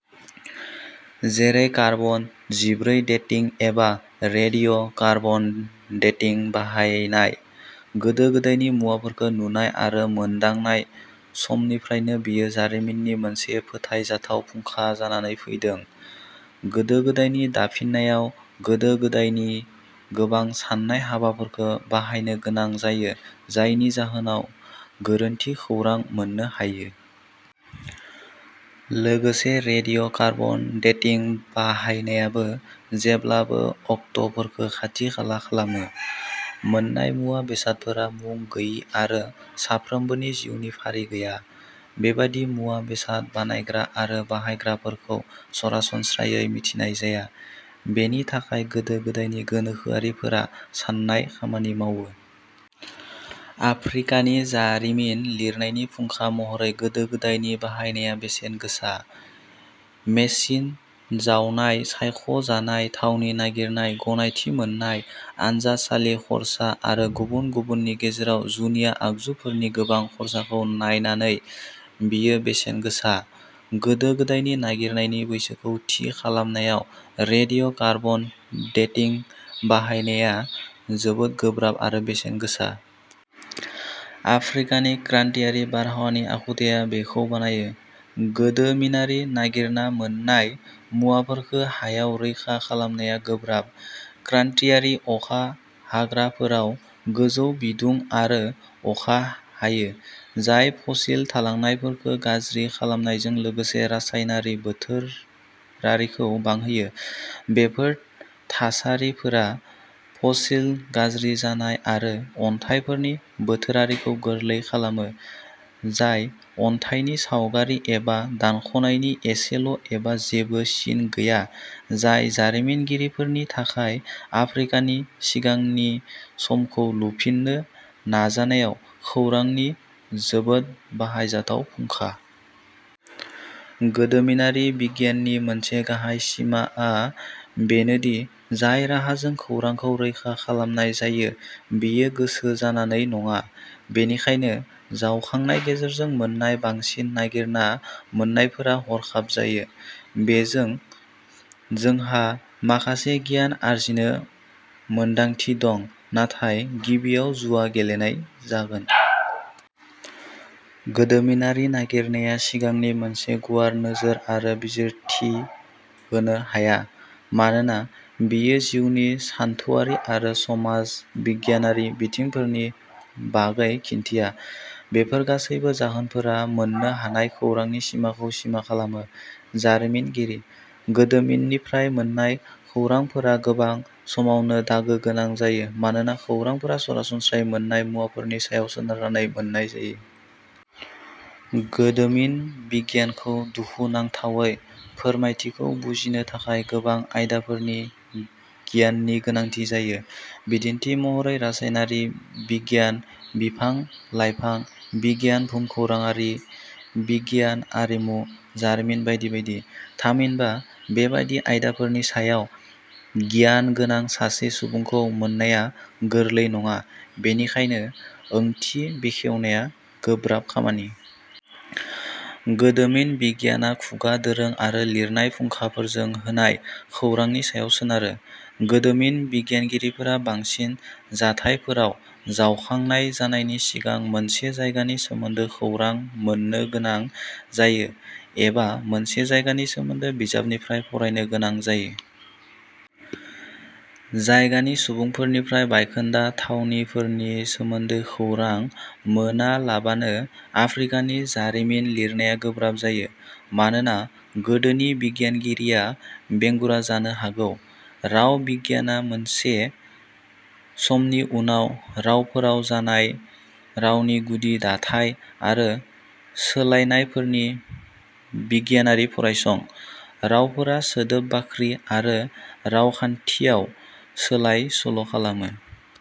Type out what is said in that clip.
जेरै कार्बन जिब्रै डेटिं एबा रेडिय' कार्बन डेटिं बाहायनाय। गोदो-गोदायनि मुवाफोरखौ नुनाय आरो मोनदांनाय समनिफ्रायनो बेयो जारिमिननि मोनसे फोथायजाथाव फुंखा जानानै फैदों। गोदो गोदायनि दाफिननायाव गोदो गोदायनि गोबां सान्नाय हाबाफोरखौ बाहायनो गोनां जायो जायनि जाहोनाव गोरोन्थि खौरां मोननो हायो। लोगोसे रेडिय' कार्बन डेटिं बाहायनायाबो जेब्लाबो अक्ट'फोरखौ खाथि खाला खालामो। मोन्नाय मुवा बेसादफोरा मुं गोयि आरो सानफ्रोमबोनि जिउनि फारि गैया। बेबादि मुवा बेसाद बानायग्रा आरो बाहायग्राफोरखौ सरासनस्रायै मिथिनाय जाया। बेनि थाखाय गोदो गोदायनि गोनोखोआरिफोरा सान्नाय खामानि मावो। आफ्रिकानि जारिमिन लिरनायनि फुंखा महरै गोदो गोदायनि बाहायनाया बेसेन गोसा। मेसिन जावनाय सायख'जानाय थावनि नागिरनाय गनायथि मोन्नाय आनजादसालि खर्सा आरो गुबुन गुबुननि गेजेराव जुनिया आगजुफोरनि गोबां खर्साखौ नायनानै बेयो बेसेन गोसा। गोदो गोदायनि नागिरनायनि बैसोखौ थि खालामनायाव रेडिय'कार्बन डेटिं बाहायनाया जोबोद गोब्राब आरो बेसेन गोसा। आफ्रिकानि क्रान्तियारि बारहावानि आखुथाया बेखौ बानायो। गोदोमिनारि नागिरना मोन्नाय मुवाफोरखौ हायाव रैखा खालामनाया गोब्राब। क्रान्तियारि अखा हाग्राफोराव गोजौ बिदुं आरो अखा हायो जाय फसिल थालांनायफोरखौ गाज्रि खालामनायजों लोगोसे रासायनारि बोथोरारिखौ बांहोयो। बेफोर थासारिफोरा फसिल गाज्रि जानाय आरो अन्थाइफोरनि बोथोरारिखौ गोरलै खालामो जाय अन्थाइनि सावगारि एबा दानख'नायनि एसेल एबा जेबो सिन गैया जाय जारिमिनगिरिफोरनि थाखाय आफ्रिकानि सिगांनि समखौ लुफिननो नाजानायाव खौरांनि जोबोद बाहायजाथाव फुंखा। गोदोमिनारि बिगियाननि मोनसे गाहाय सिमाआ बेनो दि जाय राहाजों खौरांखौ रैखा खालामनाय जायो बेयो गोसो जानानै नङ बेनिखायनो जावखांनाय गेजेरजों मोन्नाय बांसिन नागिरना मोन्नायफोरा हरखाब जायो। बेजों जोंहा माखासे गियान आरजिनो मोनदांथि दं नाथाय गिबियाव'जुवा गेलेनाय जागोन। गोदोमिनारि नागिरनाया सिगांनि मोनसे गुवार नोजोर आरो बिजिरथि होनो हाया मानोना बेयो जिउनि सानथौआरि आरो समाज बिगियानारि बिथिंफोरनि बागै खिन्थिया। बेफोर गासैबो जाहोनफोरा मोननो हानाय खौरांनि सिमाखौ सिमा खालामो। जारिमिनगिरि। गोदोमिननिफ्राय मोन्नाय खौरांफोरा गोबां समावनो दागो गोनां जायो मानोना खौरांफोरा सरासनस्रायै मोन्नाय मुवाफोरनि सायाव सोनारनानै मोन्नाय जायो। गोदोमिन बिगियानखौ दुखुनांथावै फोरमायथिखौ बुजिनो थाखाय गोबां आयदाफोरनि गियाननि गोनांथि जायो। बिदिन्थि महरै रासायनारि बिगियान बिफां लाइफां बिगियान भुमखौराङारि बिगियान आरिमु जारिमिन बायदि बायदि। थामहिनबा बेबादि आयदाफोरनि सायाव गियान गोनां सासे सुबुंखौ मोननाया गोरलै नङा बेनिखायनो ओंथि बेखेवनाया गोब्राब खामानि। गोदोमिन बिगियानआ खुगा दोरों आरो लिरनाय फुंखाफोरजों होनाय खौरांनि सायाव सोनारो। गोदोमिन बिगियानगिरिफोरा बांसिन जाथायफोराव जावखांनाय जानायनि सिगां मोनसे जायगानि सोमोन्दै खौरां मोन्नो गोनां जायो एबा मोनसे जायगानि सोमोन्दै बिजाबनिफ्राय फरायनो गोनां जायो। जायगानि सुबुंफोरनिफ्राय बायखोन्दा थावनिफोरनि सोमोन्दै खौरां मोनालाबानो आफ्रिकानि जारिमिन लिरनाया गोब्राब जायो मानोना गोदोमिन बिगियानगिरिया बेंगुरा जानो हागौ। राव बिगियानआ मोनसे समनि उनाव रावफोराव जानाय रावनि गुदि दाथाय आरो सोलायनायफोरनि बिगियानारि फरायसं। रावफोरा सोदोब बाख्रि आरो रावखान्थियाव सोलाय सोल'खालामो।